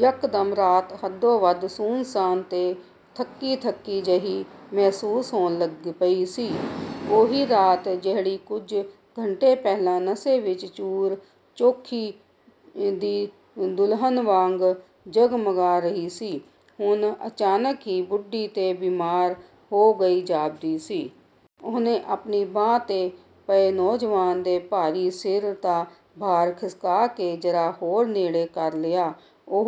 ਯਕਦਮ ਰਾਤ ਹੱਦੋਂ ਵੱਧ ਸੁੰਨਸਾਨ ਤੇ ਥੱਕੀ-ਥੱਕੀ ਜਿਹੀ ਮਹਿਸੂਸ ਹੋਣ ਲੱਗ ਪਈ ਸੀ। ਉਹੀ ਰਾਤ, ਜਿਹੜੀ ਕੁਝ ਘੰਟੇ ਪਹਿਲਾਂ ਨਸ਼ੇ ਵਿੱਚ ਚੂਰ, ਚੌਥੀ ਦੀ ਦੁਲਹਨ ਵਾਂਗ ਜਗਮਗਾ ਰਹੀ ਸੀ, ਹੁਣ ਅਚਾਨਕ ਹੀ ਬੁੱਢੀ ਤੇ ਬਿਮਾਰ ਹੋ ਗਈ ਜਾਪਦੀ ਸੀ। ਉਹਨੇ ਆਪਣੀ ਬਾਂਹ ਤੇ ਪਏ ਨੌਜਵਾਨ ਦੇ ਭਾਰੀ ਸਿਰ ਦਾ ਭਾਰ ਖਿਸਕਾ ਕੇ ਜ਼ਰਾ ਹੋਰ ਨੇੜੇ ਕਰ ਲਿਆ। ਉਹ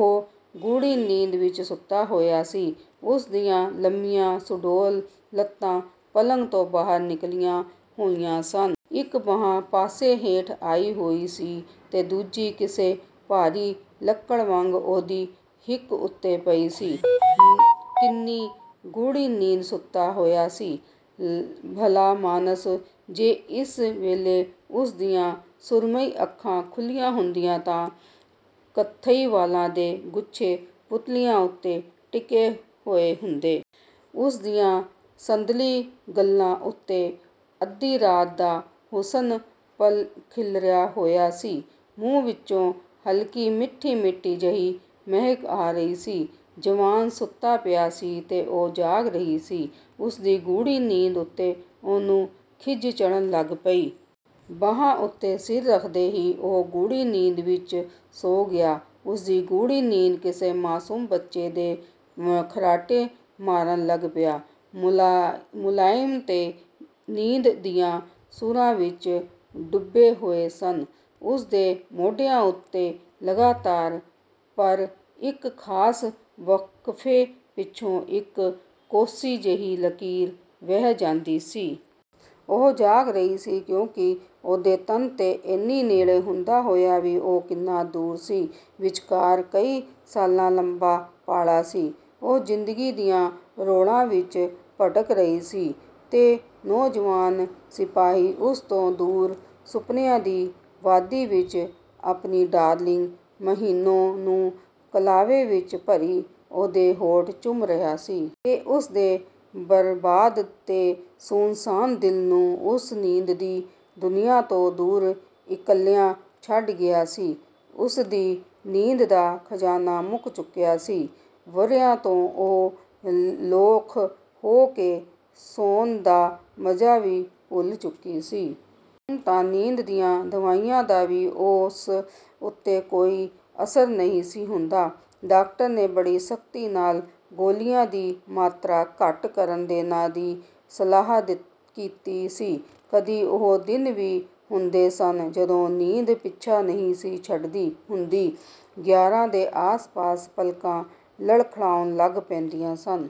ਗੂੜ੍ਹੀ ਨੀਂਦ ਵਿੱਚ ਸੁੱਤਾ ਹੋਇਆ ਸੀ। ਉਸਦੀਆਂ ਲੰਮੀਆਂ, ਸੁਡੌਲ ਲੱਤਾਂ ਪਲੰਘ ਤੋਂ ਬਾਹਰ ਨਿਕਲੀਆਂ ਹੋਈਆਂ ਸਨ। ਇੱਕ ਬਾਂਹ ਪਾਸੇ ਹੇਠ ਆਈ ਹੋਈ ਸੀ ਤੇ ਦੂਜੀ ਕਿਸੇ ਭਾਰੀ ਲੱਕੜ ਵਾਂਗ ਉਹਦੀ ਹਿੱਕ ਉੱਤੇ ਪਈ ਸੀ। ਕਿੰਨੀ ਗੂੜ੍ਹੀ ਨੀਂਦ ਸੁੱਤਾ ਹੋਇਆ ਸੀ, ਭਲਾਮਾਣਸ! ਜੇ ਇਸ ਵੇਲੇ ਉਸਦੀਆਂ ਸੁਰਮਈ ਅੱਖਾਂ ਖੁੱਲ੍ਹੀਆਂ ਹੁੰਦੀਆਂ, ਤਾਂ ਕਥਈ ਵਾਲਾਂ ਦੇ ਗੁੱਛੇ ਪੁਤਲੀਆਂ ਉੱਤੇ ਟਿਕੇ ਹੋਏ ਹੁੰਦੇ। ਉਸਦੀਆਂ ਸੰਦਲੀ ਗੱਲ੍ਹਾਂ ਉੱਤੇ ਅੱਧੀ ਰਾਤ ਦਾ ਹੁਸਨ ਖਿੱਲਰਿਆ ਹੋਇਆ ਸੀ। ਮੂੰਹ ਵਿਚੋਂ ਹਲਕੀ ਮਿੱਠੀ-ਮਿੱਠੀ ਜਿਹੀ ਮਹਿਕ ਆ ਰਹੀ ਸੀ । ਜਵਾਨ ਸੁੱਤਾ ਪਿਆ ਸੀ ਤੇ ਉਹ ਜਾਗ ਰਹੀ ਸੀ। ਉਸਦੀ ਗੂੜ੍ਹੀ ਨੀਂਦ ਉੱਤੇ ਉਹਨੂੰ ਖਿਝ ਚੜ੍ਹਨ ਲੱਗ ਪਈ। ਬਾਂਹ ਉੱਤੇ ਸਿਰ ਰੱਖਦੇ ਹੀ ਉਹ ਗੂੜ੍ਹੀ ਨੀਂਦ ਵਿੱਚ ਸੌਂ ਗਿਆ। ਉਸਦੀ ਗੂੜ੍ਹੀ ਨੀਂਦ ਕਿਸੇ ਮਾਸੂਮ ਬੱਚੇ ਦੇ ਖਰਾਟੇ ਮਾਰਨ ਲੱਗ ਪਿਆ, ਮੁਲਾਇਮ ਤੇ ਨੀਂਦ ਦੀਆਂ ਸੁਰਾਂ ਵਿੱਚ ਡੁੱਬੇ ਹੋਏ ਸਨ। ਉਸਦੇ ਮੋਢਿਆਂ ਉੱਤੇ ਲਗਾਤਾਰ, ਪਰ ਇੱਕ ਖਾਸ ਵਕਫ਼ੇ ਪਿੱਛੋਂ, ਇੱਕ ਕੋਸੀ ਜਿਹੀ ਲਕੀਰ ਵਹਿ ਜਾਂਦੀ ਸੀ। ਉਹ ਜਾਗ ਰਹੀ ਸੀ, ਕਿਉਂਕਿ ਉਹਦੇ ਤਨ ਦੇ ਏਨੀ ਨੇੜੇ ਹੁੰਦਾ ਹੋਇਆ ਵੀ ਉਹ ਕਿੰਨਾ ਦੂਰ ਸੀ। ਵਿਚਕਾਰ ਕਈ ਸਾਲਾਂ ਲੰਮਾ ਪਾੜਾ ਸੀ। ਉਹ ਜ਼ਿੰਦਗੀ ਦੀਆਂ ਰੌੜਾਂ ਵਿੱਚ ਭਟਕ ਰਹੀ ਸੀ ਤੇ ਨੌਜਵਾਨ ਸਿਪਾਹੀ ਉਸ ਤੋਂ ਦੂਰ ਸੁਪਨਿਆਂ ਦੀ ਵਾਦੀ ਵਿੱਚ ਆਪਣੀ ਡਾਰਲਿੰਗ ਸ਼ਹੀਨੋ ਨੂੰ ਕਲਾਵੇ ਵਿੱਚ ਭਰੀ ਉਹਦੇ ਹੋਂਠ ਚੁੰਮ ਰਿਹਾ ਸੀ... ਤੇ ਉਸਦੇ ਬਰਬਾਦ ਤੇ ਸੁੰਨਸਾਨ ਦਿਲ ਨੂੰ, ਉਸ ਨੀਂਦ ਦੀ ਦੁਨੀਆ ਤੋਂ ਦੂਰ, ਇਕੱਲਿਆਂ ਛੱਡ ਗਿਆ ਸੀ। ਉਸਦੀ ਨੀਂਦ ਦਾ ਖ਼ਜ਼ਾਨਾ ਮੁੱਕ ਚੁੱਕਿਆ ਸੀ। ਵਰ੍ਹਿਆਂ ਤੋਂ ਉਹ ਲੋਥ ਹੋ ਕੇ ਸੌਣ ਦਾ ਮਜ਼ਾ ਵੀ ਭੁੱਲ ਚੁੱਕੀ ਸੀ। ਹੁਣ ਤਾਂ ਨੀਂਦ ਦੀਆਂ ਦਵਾਈਆਂ ਦਾ ਵੀ ਉਸ ਉੱਤੇ ਕੋਈ ਅਸਰ ਨਹੀਂ ਸੀ ਹੁੰਦਾ। ਡਾਕਟਰ ਨੇ ਬੜੀ ਸਖ਼ਤੀ ਨਾਲ ਗੋਲੀਆਂ ਦੀ ਮਾਤਰਾ ਘੱਟ ਕਰ ਦੇਣਾ ਦੀ ਸਲਾਹ ਕੀਤੀ ਸੀ। ਕਦੀ ਉਹ ਦਿਨ ਵੀ ਹੁੰਦੇ ਸਨ, ਜਦੋਂ ਨੀਂਦ ਪਿੱਛਾ ਹੀ ਨਹੀਂ ਸੀ ਛੱਡਦੀ ਹੁੰਦੀ। ਗਿਆਰਾਂ ਦੇ ਆਸ-ਪਾਸ ਪਲਕਾਂ ਲੜਖੜਾਉਣ ਲੱਗ ਪੈਂਦੀਆਂ ਸਨ।